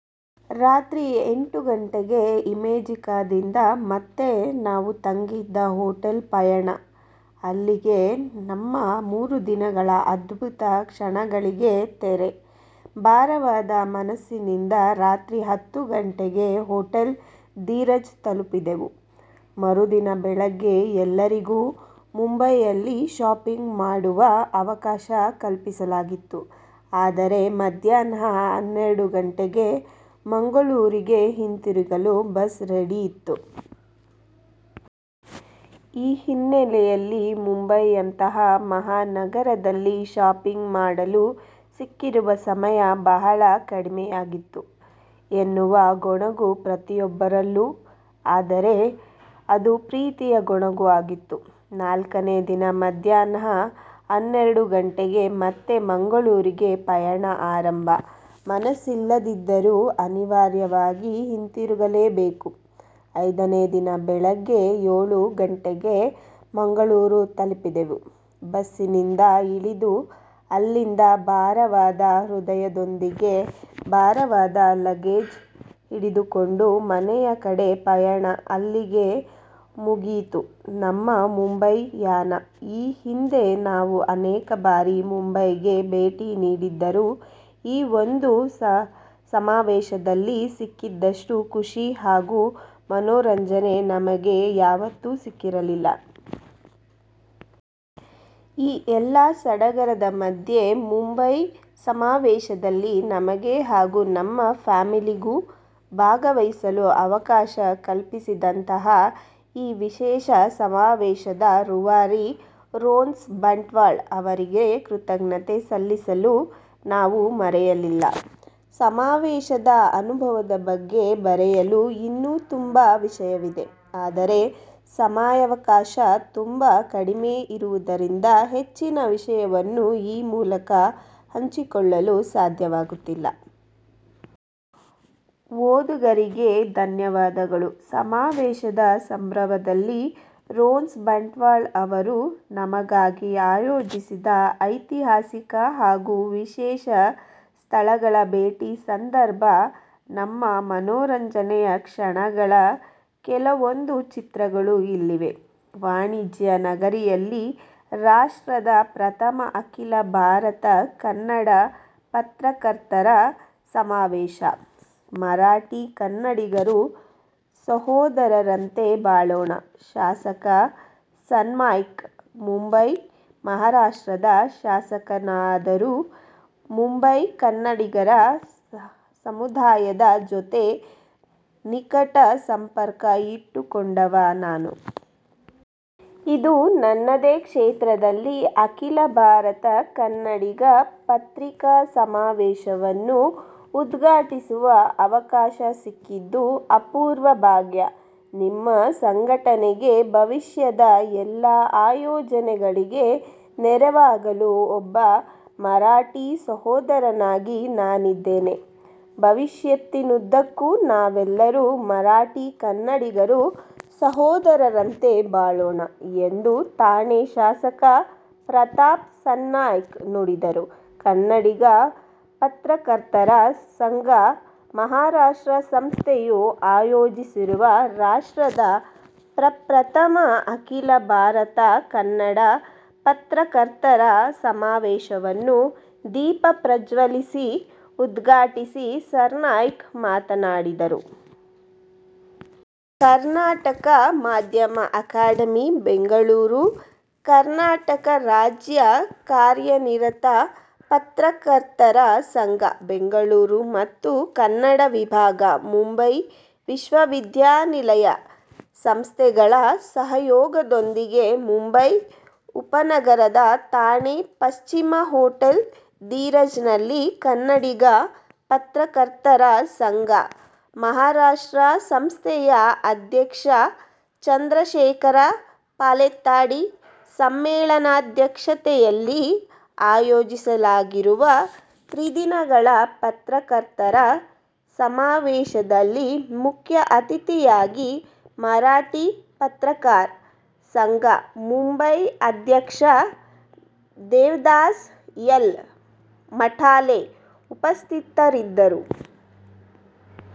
ರಾತ್ರಿ ಎಂಟು ಗಂಟೆಗೆ ಇಮೇಜಿಕದಿಂದ ಮತ್ತೆ ನಾವು ತಂಗಿದ್ದ ಹೊಟೇಲ್ಗೆ ಪಯಣ. ಅಲ್ಲಿಗೆ ನಮ್ಮ ಮೂರುದಿನಗಳ ಅದ್ಭುತ ಕ್ಷಣಗಳಿಗೆ ತೆರೆ. ಬಾರವಾದ ಮನಸ್ಸಿನಿಂದ ರಾತ್ರಿ ಹತ್ತು ಗಂಟೆಗೆ ಹೊಟೇಲ್ ಧೀರಜ್ ತಲುಪಿದೆವು ಮರುದಿನ ಬೆಳಿಗ್ಗೆ ಎಲ್ಲರಿಗೂ ಮುಂಬಾಯಿಯಲ್ಲಿ ಶಾಪಿಂಗ್ ಮಾಡುವ ಅವಕಾಶ ಕಲ್ಪಿಸಲಾಗಿತ್ತು ಆದರೆ ಮಧ್ಯಾಹ್ನ ಹನ್ನೆರಡು ಗಂಟೆಗೆ ಮಂಗಳೂರಿಗೆ ಹಿಂತಿರುಗಲು ಬಸ್ ರೆಡಿ ಇತ್ತು. ಈ ಹಿನ್ನೆಲೆಯಲ್ಲಿ ಮುಂಬಾಯಿಯಂತಹ ಮಹಾನಗರದಲ್ಲಿ ಶಾಪಿಂಗ್ ಮಾಡಲು ಸಿಕ್ಕಿರುವ ಸಮಯ ಬಹಳ ಕಡಿಮೆಯಾಯಿತು ಎನ್ನುವ ಗೊಣಗು ಪ್ರತಿಯೊಬ್ಬರಲ್ಲೂ ಆದರೆ ಅದು ಪ್ರೀತಿಯ ಗೊಣಗು ಆಗಿತ್ತು.. ನಾಲ್ಕನೆ ದಿನ ಮಧ್ಯಾಹ್ನ ಹನ್ನೆರಡು ಗಂಟೆಗೆ ಮತ್ತೆ ಮಂಗಳೂರಿಗೆ ಪಯಣ ಆರಂಭ ಮನಸ್ಸಿಲ್ಲದಿದ್ದರೂ ಅನಿವಾರ್ಯವಾಗಿ ಹಿಂತಿರುಗಲೇ ಬೇಕು ಐದನೇ ದಿನ ಬೆಳಿಗ್ಗೆ ಏಳು ಗಂಟೆಗೆ ಮಂಗಳೂರು ತಲುಪಿದೆವು ಬಸ್ಸಿನಿಂದ ಇಳಿದು ಅಲ್ಲಿಂದ ಭಾರವಾದ ಹೃದಯದೊಂದಿಗೆ ಭಾರವಾದ ಲಗೇಜ್ ಹಿಡಿದುಕೊಂಡು ಮನೆಯ ಕಡೆ ಪಯಣ ಅಲ್ಲಿಗೆ ಮುಗಿಯಿತು ನಮ್ಮ ಮುಂಬಯಿ ಯಾನ ಈ ಹಿಂದೆ ನಾವು ಅನೇಕ ಬಾರಿ ಮುಂಬಯಿಗೆ ಬೇಟಿ ನೀಡಿದ್ದರೂ ಈ ಒಂದು ಸಮಾವೇಶದಲ್ಲಿ ಸಿಕ್ಕಿದಷ್ಟು ಖುಷಿ ಹಾಗೂ ಮನೋರಂಜನೆ ನಮಗೆ ಯಾವತ್ತೂ ಸಿಕ್ಕಿರಲಿಲ್ಲ. ಈ ಎಲ್ಲಾ ಸಡಗರದ ಮಧ್ಯೆ ಮುಂಬಯಿ ಸಮಾವೇಶದಲ್ಲಿ ನಮಗೆ ಹಾಗೂ ನಮ್ಮ ಫ್ಯಾಮಿಲಿಗೂ ಭಾಗವಹಿಸಲು ಅವಕಾಶ ಕಲ್ಪಿಸಿದಂತಹ ಈ ವಿಶೇಷ ಸಮಾವೇಶದ ರೂವಾರಿ ರೋನ್ಸ್ ಬಂಟ್ವಾಳ್ ಅವರಿಗೆ ಕೃತಜ್ಞತೆ ಸಲ್ಲಿಸಲು ನಾವು ಮರೆಯಲಿಲ್ಲ. ಸಮಾವೇಶದ ಅನುಭವದ ಬಗ್ಗೆ ಬರೆಯಲು ಇನ್ನೂ ತುಂಬಾ ವಿಷಯವಿದೆ. ಆದರೆ ಸಮಯಾವಕಾಶ ತುಂಬ ಕಡಿಮೆ ಇರುವುದರಿಂದ ಹೆಚ್ಚಿನ ವಿಷಯವನ್ನು ಈ ಮೂಲಕ ಹಂಚಿಕೊಳ್ಳಲು ಸಾದ್ಯವಾಗುತಿಲ್ಲ. ಓದುಗರಿಗೆ ಧನ್ಯವಾದಗಳು. ಸಮಾವೇಶದ ಸಂದರ್ಭದಲ್ಲಿ ರೋನ್ಸ್ ಬಂಟ್ವಾಳ್ ಅವರು ನಮಗಾಗಿ ಅಯೋಜಿಸಿದ ಐತಿಹಾಸಿಕ ಹಾಗೂ ವಿಶೇಷ ಸ್ಥಳಗಳ ಬೇಟಿ ಸಂದರ್ಭ ನಮ್ಮ ಮನೋರಂಜನೆಯ ಕ್ಷಣಗಳ ಕೆಲವೊಂದು ಚಿತ್ರಗಳು ಇಲ್ಲಿವೆ. ವಾಣಿಜ್ಯ ನಗರಿಯಲ್ಲಿ ರಾಷ್ಟ್ರದ ಪ್ರಥಮ ಅಖಿಲ ಭಾರತ ಕನ್ನಡ ಪತ್ರಕರ್ತರ ಸಮಾವೇಶ: ಮರಾಠಿ-ಕನ್ನಡಿಗರು ಸಹೋದರರಂತೆ ಬಾಳೋಣ: ಶಾಸಕ ಸರ್ನಾಯ್ಕ್ ಮುಂಬಯಿ: ಮಹಾರಾಷ್ಟ್ರದ ಶಾಸಕನಾದರೂ ಮುಂಬಯಿ ಕನ್ನಡಿಗರ ಸಮುದಾಯದ ಜೊತೆ ನಿಕಟ ಸಂಪರ್ಕ ಇಟ್ಟು ಕೊಂಡವ ನಾನು. ಇಂದು ನನ್ನದೇ ಕ್ಷೇತ್ರದಲ್ಲಿ ಅಖಿಲಭಾರತ ಕನ್ನಡಿಗ ಪತ್ರಿಕಾ ಸಮಾವೇಶವನ್ನು ಉದ್ಘಾಟಿಸುವ ಅವಕಾಶಸಿಕ್ಕಿದ್ದು ಅಪೂರ್ವ ಭಾಗ್ಯ. ನಿಮ್ಮ ಸಂಘಟನೆಗೆ ಭವಿಷ್ಯದ ಎಲ್ಲಾ ಯೋಜನೆಗಳಿಗೆ ನೆರವಾಗಲು ಒಬ್ಬ ಮರಾಠಿಸೋದರನಾಗಿ ನಾನಿದ್ದೇನೆ. ಭವಿಷ್ಯತ್ತಿನ್ನುದ್ದಕ್ಕೂ ನಾವೆಲ್ಲರೂ ಮರಾಠಿ-ಕನ್ನಡಿಗರು ಸಹೋದರರಂತೆ ಬಾಳೋಣ ಎಂದು ಥಾಣೆ ಶಾಸಕ ಪ್ರತಾಪ್ ಸರ್ನಾಯ್ಕ್ ನುಡಿದರು. ಕನ್ನಡಿಗ ಪತ್ರಕರ್ತರ ಸಂಘ ಮಹಾರಾಷ್ಟ್ರ ಸಂಸ್ಥೆಯು ಆಯೋಜಿಸಿರುವ ರಾಷ್ಟ್ರದ ಪ್ರಪ್ರಥಮ ಅಖಿಲ ಭಾರತ ಕನ್ನಡ ಪತ್ರಕರ್ತರ ಸಮಾವೇಶವನ್ನು ದೀಪ ಪ್ರಜ್ವಲಿಸಿ ಉದ್ಘಾಟಿಸಿ ಸರ್ನಾಯ್ಕ್ ಮಾತನಾಡಿದರು. ಕರ್ನಾಟಕ ಮಾಧ್ಯಮ ಅಕಾಡೆಮಿ ಬೆಂಗಳೂರು, ಕರ್ನಾಟಕ ರಾಜ್ಯ ಕಾರ್ಯನಿರತ ಪತ್ರಕರ್ತರ ಸಂಘ ಬೆಂಗಳೂರು ಮತ್ತು ಕನ್ನಡ ವಿಭಾಗ ಮುಂಬಯಿ ವಿಶ್ವವಿದ್ಯಾಲಯ ಸಂಸ್ಥೆಗಳ ಸಹಯೋಗದೊಂದಿಗೆ ಮುಂಬಯಿ ಉಪನಗರದ ಥಾಣೆ ಪಶ್ಚಿಮದ ಹೊಟೇಲ್ ಧೀರಜ್ನಲ್ಲಿ ಕನ್ನಡಿಗ ಪತ್ರಕರ್ತರ ಸಂಘ ಮಹಾರಾಷ್ಟ್ರ ಸಂಸ್ಥೆಯ ಅಧ್ಯಕ್ಷ ಚಂದ್ರಶೇಖರ ಪಾಲೆತ್ತಾಡಿ ಸಮ್ಮೇಳನಾಧ್ಯಕ್ಷತೆಯಲ್ಲಿ ಆಯೋಜಿಸಲಾಗಿರುವ ತ್ರಿದಿನಗಳ ಪತ್ರಕರ್ತರ ಸಮಾವೇಶದಲ್ಲಿ ಮುಖ್ಯ ಅತಿಥಿಯಾಗಿ ಮರಾಠಿ ಪತ್ರಕಾರ್ ಸಂಘ ಮುಂಬಯಿ ಅಧ್ಯಕ್ಷ ದೇವದಾಸ್ ಎಲ್. ಮಠಾಲೆ ಉಪಸ್ಥಿತರಿದ್ದರು.